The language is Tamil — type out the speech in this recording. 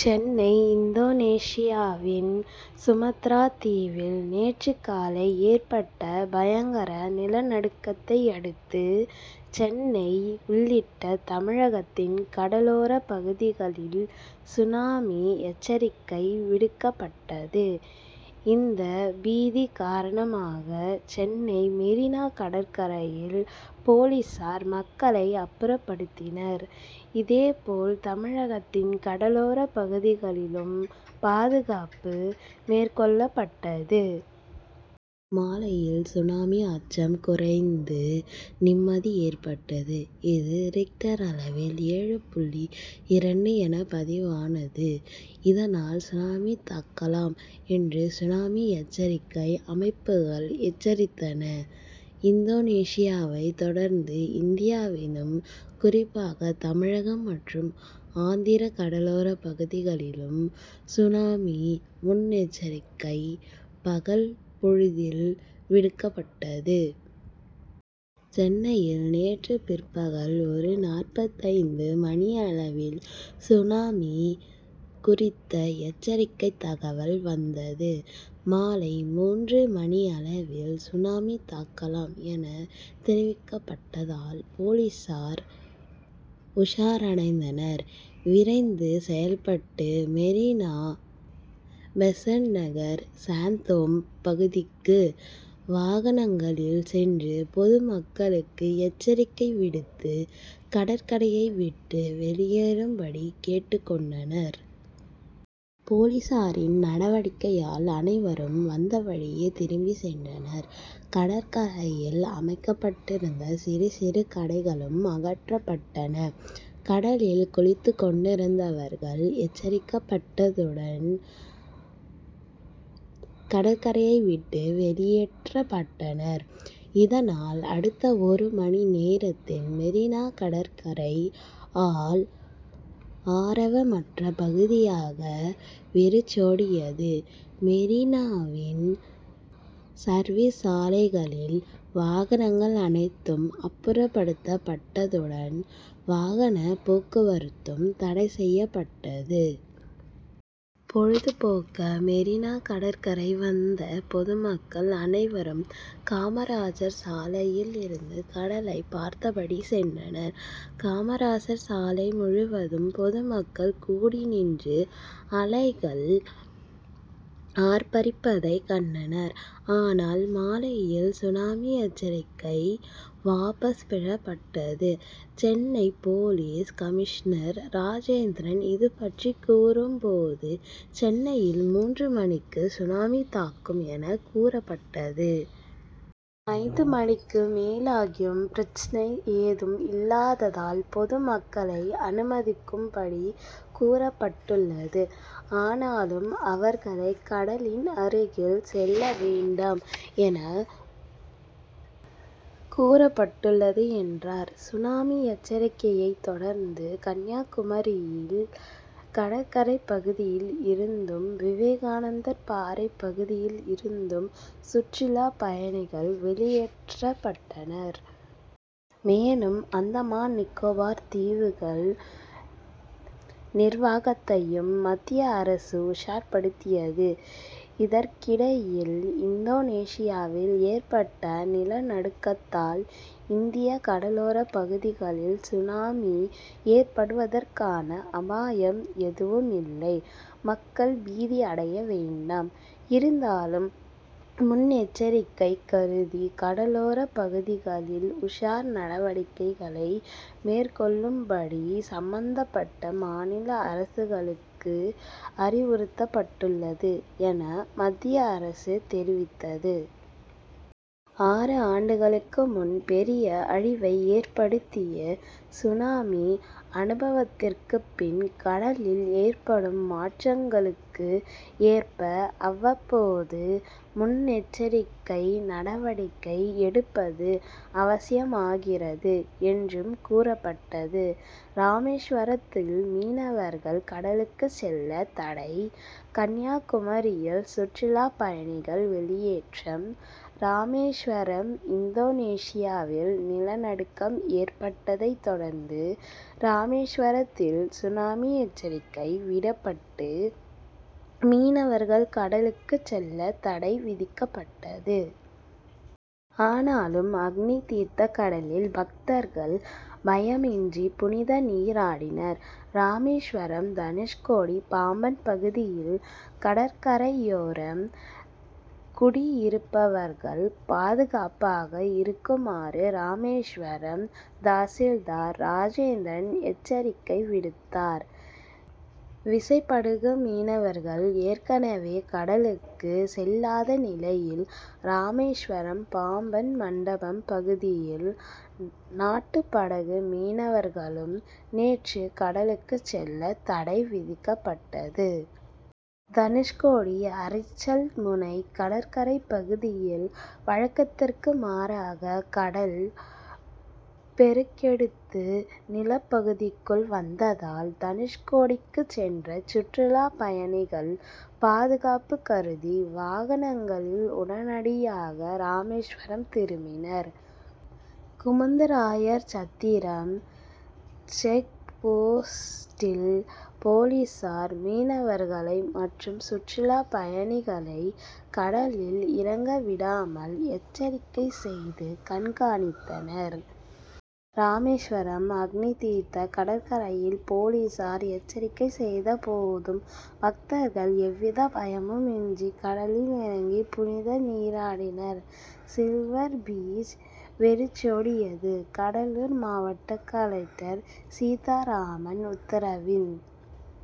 சென்னை இந்தோனேசியாவின் சுமத்ரா தீவில் நேற்று காலை ஏற்பட்ட பயங்கர நிலநடுக்கத்தை அடுத்து சென்னை உள்ளிட்ட தமிழகத்தின் கடலோர பகுதிகளில் சுனாமி எச்சரிக்கை விடுக்கப்பட்டது. இந்த பீதி காரணமாக சென்னை மெரீனா கடற்கரையில் போலீசார் மக்களை அப்புறப்படுத்தினர். இதே போல தமிழகத்தின் கடலோரப் பகுதிகளிலும் பாதுகாப்பு மேற்கொள்ளப்பட்டது. மாலையில் சுனாமி அச்சம் குறைந்து நிம்மதி ஏற்பட்டது. இது ரிக்டர் அளவில் ஏழு புள்ளி இரண்டு என பதிவானது. இதனால் சுனாமி தாக்கலாம் என்று சுனாமி எச்சரிக்கை அமைப்புகள் எச்சரித்தன. இந்தோனேசியாவை தொடர்ந்து இந்தியாவிலும் குறிப்பாக தமிழகம் மற்றும் ஆந்திர கடலோரப் பகுதிகளிலும் சுனாமி முன்னெச்சரிக்கை பகல் பொழுதில் விடுக்கப்பட்டது. சென்னையில் நேற்று பிற்பகல் ஒரு நாற்பத்தைந்து மணியளவில் சுனாமி குறித்த எச்சரிக்கை தகவல் வந்தது. மாலை மூன்று மணியளவில் சுனாமி தாக்கலாம் என தெரிவிக்கப்பட்டதால் போலீசார் உஷாரடைந்தனர். விரைந்து செயல்பட்டு மெரீனா பெசன்ட்நகர் சாந்தோம் பகுதிக்கு வாகனங்களில் சென்று பொதுமக்களுக்கு எச்சரிக்கை விடுத்து கடற்கரையை விட்டு வெளியேறும்படி கேட்டுக் கொண்டனர். போலீசாரின் நடவடிக்கையால் அனைவரும் வந்தவழியே திரும்பிச் சென்றனர். கடற்கரையில் அமைக்கப்பட்டிருந்த சிறு சிறு கடைகளும் அகற்றப்பட்டன. கடலில் குளித்துக் கொண்டிருந்தவர்கள் எச்சரிக்கப்பட்டதுடன் கடற்கரையை விட்டு வெளியேற்றப்பட்டனர். இதனால் அடுத்த ஒரு மணி நேரத்தில் மெரீனா கடற்கரை ஆள் ஆரவமற்ற பகுதியாக வெறிச்சோடியது. மெரீனாவின் சர்வீஸ் சாலைகளில் வாகனங்கள் அனைத்தும் அப்புறப்படுத்தப்பட்டதுடன் வாகன போக்குவரத்தும் தடைசெய்யப்பட்டது. பொழுதுபோக்க மெரீனா கடற்கரை வந்த பொதுமக்கள் அனைவரும் காமராஜர் சாலையில் இருந்து கடலை பார்த்தபடி சென்றனர். காமராஜர் சாலை முழுவதும் பொதுமக்கள் கூடி நின்று அலைகள் ஆர்ப்பரிப்பதைக் கண்டனர். ஆனால் மாலையில் சுனாமி எச்சரிக்கை வாபஸ் பெறப்பட்டது. சென்னை போலீஸ் கமிஷனர் ராஜேந்திரன் இதுபற்றி கூறும் போது சென்னையில் மூன்று மணிக்கு சுனாமி தாக்கும் என கூறப்பட்டது. ஐந்து மணிக்கு மேலாகியும் பிரச்னை ஏதும் இல்லாததால் பொதுமக்களை அனுமதிக்கும் படி கூறப்பட்டுள்ளது. ஆனாலும் அவர்களை கடலின் அருகில் செல்ல வேண்டாம் என கூறப்பட்டுள்ளது என்றார். சுனாமி எச்சரிக்கையை தொடர்ந்து கன்னியாகுமரியில் கடற்கரை பகுதியில் இருந்தும் விவேகானந்தர் பாறை பகுதியில் இருந்தும் சுற்றுலாப் பயணிகள் வெளியேற்றப்பட்டனர். மேலும் அந்தமான் நிகோபர் தீவுகள் நிர்வாகத்தையும் மத்திய அரசு உஷார்படுத்தியது. இதற்கிடையில் இந்தோனேசியாவில் ஏற்பட்ட நிலநடுக்கத்தால் இந்திய கடலோர பகுதிகளில் சுனாமி ஏற்படுவதற்கான அபாயம் எதுவும் இல்லை. மக்கள் பீதி அடைய வேண்டாம். இருந்தாலும் முன்னெச்சரிக்கை கருதி கடலோர பகுதிகளில் உஷார் நடவடிக்கைகளை மேற்கொள்ளும்படி சம்பந்தபட்ட மாநில அரசுகளுக்கு அறிவுறுத்தப்பட்டுள்ளது என மத்திய அரசு தெரிவித்தது. ஆறு ஆண்டுகளுக்கு முன் பெரிய அழிவை ஏற்படுத்திய சுனாமி அனுபவத்திற்குப் பின் கடலில் ஏற்படும் மாற்றங்களுக்கு ஏற்ப அவ்வப்போது முன்னெச்சரிக்கை நடவடிக்கை எடுப்பது அவசியமாகிறது என்றும் கூறப்பட்டது. ராமேஸ்வரத்தில் மீனவர்கள் கடலுக்கு செல்ல தடை கன்னியாகுமரியில் சுற்றுலா பயணிகள் வெளியேற்றம் ராமேஸ்வரம் இந்தோனேசியாவில் நிலநடுக்கம் ஏற்பட்டதை தொடர்ந்து ராமேஸ்வரத்தில் சுனாமி எச்சரிக்கை விடப்பட்டு மீனவர்கள் கடலுக்கு செல்ல தடை விதிக்கப்பட்டது. ஆனாலும் அக்னிதீர்த்த கடலில் பக்தர்கள் பயமின்றி புனித நீராடினர். ராமேஸ்வரம் தனுஷ்கோடி பாம்பன் பகுதியில் கடற்கரையோரம் குடியிருப்பவர்கள் பாதுகாப்பாக இருக்குமாறு ராமேஸ்வரம் தாசில்தார் ராஜேந்திரன் எச்சரிக்கை விடுத்தார். விசைப்படகு மீனவர்கள் ஏற்கனவே கடலுக்கு செல்லாத நிலையில் ராமேஸ்வரம் பாம்பன் மண்டபம் பகுதியில் நாட்டுப்படகு மீனவர்களும் நேற்று கடலுக்கு செல்ல தடை விதிக்கப்பட்டது. தனுஷ்கோடி அரிச்சல்முனை கடற்கரை பகுதியில் வழக்கத்திற்கு மாறாக கடல் பெருக்கெடுத்து நிலப்பகுதிக்குள் வந்ததால் தனுஷ்கோடிக்கு சென்ற சுற்றுலாப் பயணிகள் பாதுகாப்பு கருதி வாகனங்களில் உடனடியாக ராமேஸ்வரம் திரும்பினர். முகுந்தராயர் சத்திரம் செக் போஸ்டில் போலீசார் மீனவர்கள் மற்றும் சுற்றுலாப் பயணிகளை கடலில் இறங்க விடாமல் எச்சரிக்கை செய்து கண்காணித்தனர். ராமேஸ்வரம் அக்னிதீர்த்த கடற்கரையில் போலீசார் எச்சரிக்கை செய்த போதும் பக்தர்கள் எவ்வித பயமுமின்றி கடலில் இறங்கி புனித நீராடினர். சில்வர் பீச் வெறிச்சோடியது கடலூர் மாவட்ட கலெக்டர் சீத்தாராமன் உத்தரவின்